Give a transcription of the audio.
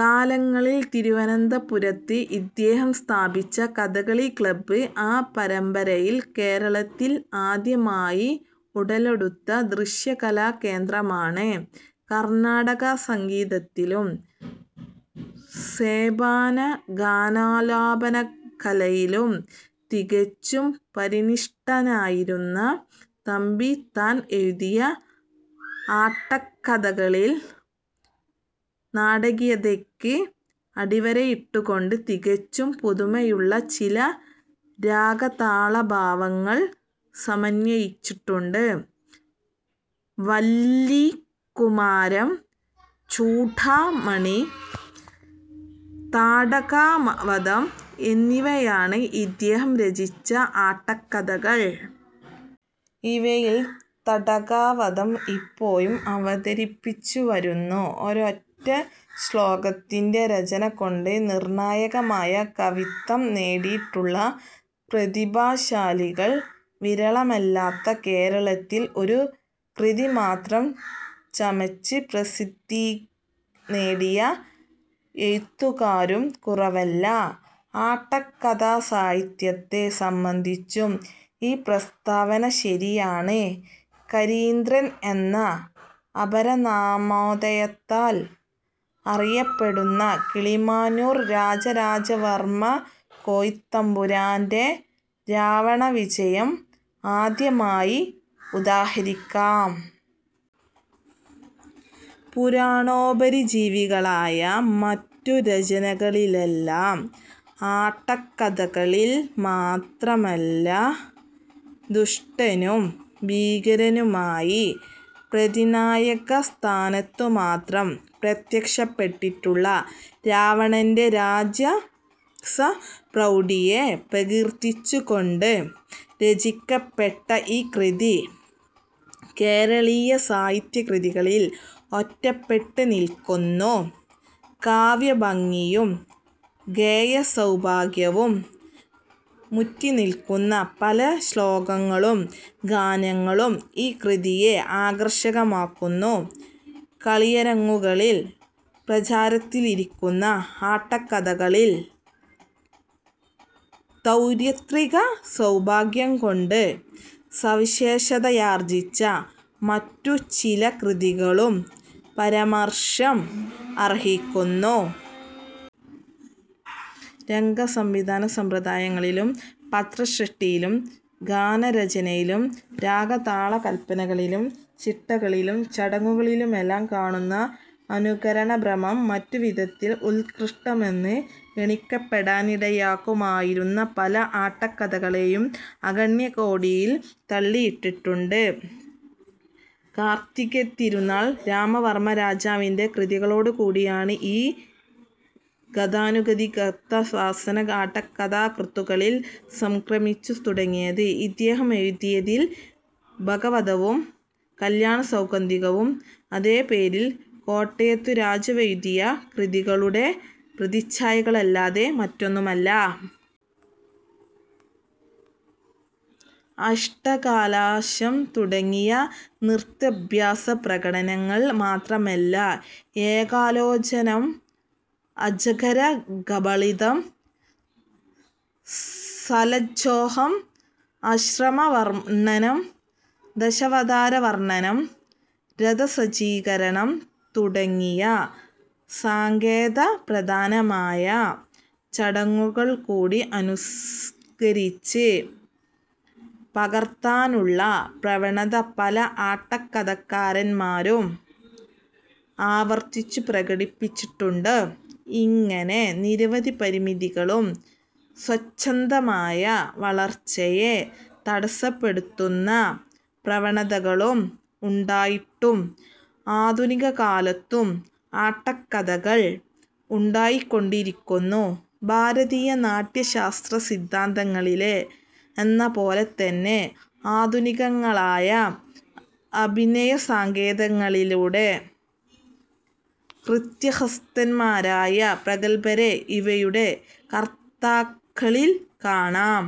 കാലങ്ങളിൽ തിരുവനന്തപുരത്ത് ഇദ്ദേഹം സ്ഥാപിച്ച കഥകളി ക്ലബ് ആ പരമ്പരയിൽ കേരളത്തിൽ ആദ്യമായി ഉടലെടുത്ത ദൃശ്യകലാകേന്ദ്രമാണ്. കർണാടക സംഗീതത്തിലും സോപാനഗാനാലാപനകലയിലും തികച്ചും പരിനിഷ്ഠനായിരുന്ന തമ്പി താൻ എഴുതിയ ആട്ടക്കഥകളിൽ നാടകീയതയ്ക്ക് അടിവരയിട്ടുകൊണ്ട് തികച്ചും പുതുമയുള്ള ചില രാഗതാളഭാവങ്ങൾ സമന്വയിച്ചിട്ടുണ്ട്. വല്ലീകുമാരം, ചൂഡാമണി, താടകാവധം എന്നിവയാണ് ഇദ്ദേഹം രചിച്ച ആട്ടക്കഥകൾ. ഇവയിൽ താടകാവധം ഇപ്പോഴും അവതരിപ്പിച്ചുവരുന്നു. ഒരൊറ്റ ശ്ലോകത്തിന്റെ രചനകൊണ്ട് നിർണായകമായ കവിത്വം നേടിയിട്ടുള്ള പ്രതിഭാശാലികൾ വിരളമല്ലാത്ത കേരളത്തിൽ ഒരു കൃതിമാത്രം ചമച്ച് പ്രസിദ്ധി നേടിയ എഴുത്തുകാരും കുറവല്ല. ആട്ടക്കഥാസാഹിത്യത്തെ സംബന്ധിച്ചും ഈ പ്രസ്താവന ശരിയാണ്. 'കരീന്ദ്രൻ' എന്ന അപരനാമധേയത്താൽ അറിയപ്പെടുന്ന കിളിമാനൂർ രാജരാജവർമകോയിത്തമ്പുരാന്റെ രാവണവിജയം ആദ്യമായി ഉദാഹരിക്കാം. പുരാണോപജീവികളായ മറ്റു രചനകളിലെല്ലാം-ആട്ടക്കഥകളിൽ മാത്രമല്ല-ദുഷ്ടനും ഭീകരനുമായി പ്രതിനായകസ്ഥാനത്തുമാത്രം പ്രത്യക്ഷപ്പെട്ടിട്ടുള്ള രാവണന്റെ രാജസപ്രൗഢിയെ പ്രകീർത്തിച്ചുകൊണ്ട് രചിക്കപ്പെട്ട ഈ കൃതി കേരളീയ സാഹിത്യകൃതികളിൽ ഒറ്റപ്പെട്ടു നില്ക്കുന്നു. കാവ്യഭംഗിയും ഗേയസൗഭാഗ്യവും മുറ്റിനില്ക്കുന്ന പല ശ്ലോകങ്ങളും ഗാനങ്ങളും ഈ കൃതിയെ ആകർഷകമാക്കുന്നു. കളിയരങ്ങുകളിൽ പ്രചാരത്തിലിരിക്കുന്ന ആട്ടക്കഥകളിൽ തൗര്യത്രികസൗഭാഗ്യംകൊണ്ട് സവിശേഷതയാർജിച്ച മറ്റു ചില കൃതികളും പരാമർശം അർഹിക്കുന്നു. രംഗസംവിധാനസമ്പ്രദായങ്ങളിലും പാത്രസൃഷ്ടിയിലും ഗാനരചനയിലും രാഗതാളകല്പനകളിലും ചിട്ടകളിലും ചടങ്ങുകളിലുമെല്ലാം കാണുന്ന അനുകരണഭ്രമം മറ്റുവിധത്തിൽ ഉത്കൃഷ്ടമെന്ന് ഗണിക്കപ്പെടാനിടയാകുമായിരുന്ന പല ആട്ടക്കഥകളെയും അഗണ്യകോടിയിൽ തള്ളിയിട്ടുണ്ട്. കാർത്തികതിരുനാൾ രാമവർമ രാജാവിന്റെ കൃതികളോടുകൂടിയാണ് ഈ ഗതാനുഗതികത്വവാസന ആട്ടക്കഥാകൃത്തുകളിൽ സംക്രമിച്ചു തുടങ്ങിയത്. ഇദ്ദേഹമെഴുതിയതിൽ ബകവധവും കല്യാണസൗഗന്ധികവും അതേപേരിൽ കോട്ടയത്തു രാജാവെഴുതിയ കൃതികളുടെ പ്രതിച്ഛായകളല്ലാതെ മറ്റൊന്നുമല്ല. അഷ്ടകലാശം തുടങ്ങിയ നൃത്താഭ്യാസപ്രകടനങ്ങൾ മാത്രമല്ല, 'ഏകലോചനം', 'അജഗരകബളിതം', 'സലജ്ജോഹം', ആശ്രമവർണനം, ദശാവതാരവർണനം, രഥസജ്ജീകരണം തുടങ്ങിയ സങ്കേതപ്രധാനമായ ചടങ്ങുകൾകൂടി അനുകരിച്ച് പകർത്താനുള്ള പ്രവണത പല ആട്ടക്കഥാകാരൻമാരും ആവർത്തിച്ചു പ്രകടിപ്പിച്ചിട്ടുണ്ട്. ഇങ്ങനെ നിരവധി പരിമിതികളും സ്വച്ഛന്ദമായ വളർച്ചയെ തടസ്സപ്പെടുത്തുന്ന പ്രവണതകളും ഉണ്ടായിട്ടും, ആധുനികകാലത്തും ആട്ടക്കഥകൾ ഉണ്ടായിക്കൊണ്ടിരിക്കുന്നു. ഭാരതീയ നാട്യശാസ്ത്രസിദ്ധാന്തങ്ങളിലെന്നപോലെതന്നെ ആധുനികങ്ങളായ അഭിനയസങ്കേതങ്ങളിലും കൃതഹസ്തൻമാരായ പ്രഗല്ഭരെ ഇവയുടെ കർത്താക്കളിൽ കാണാം.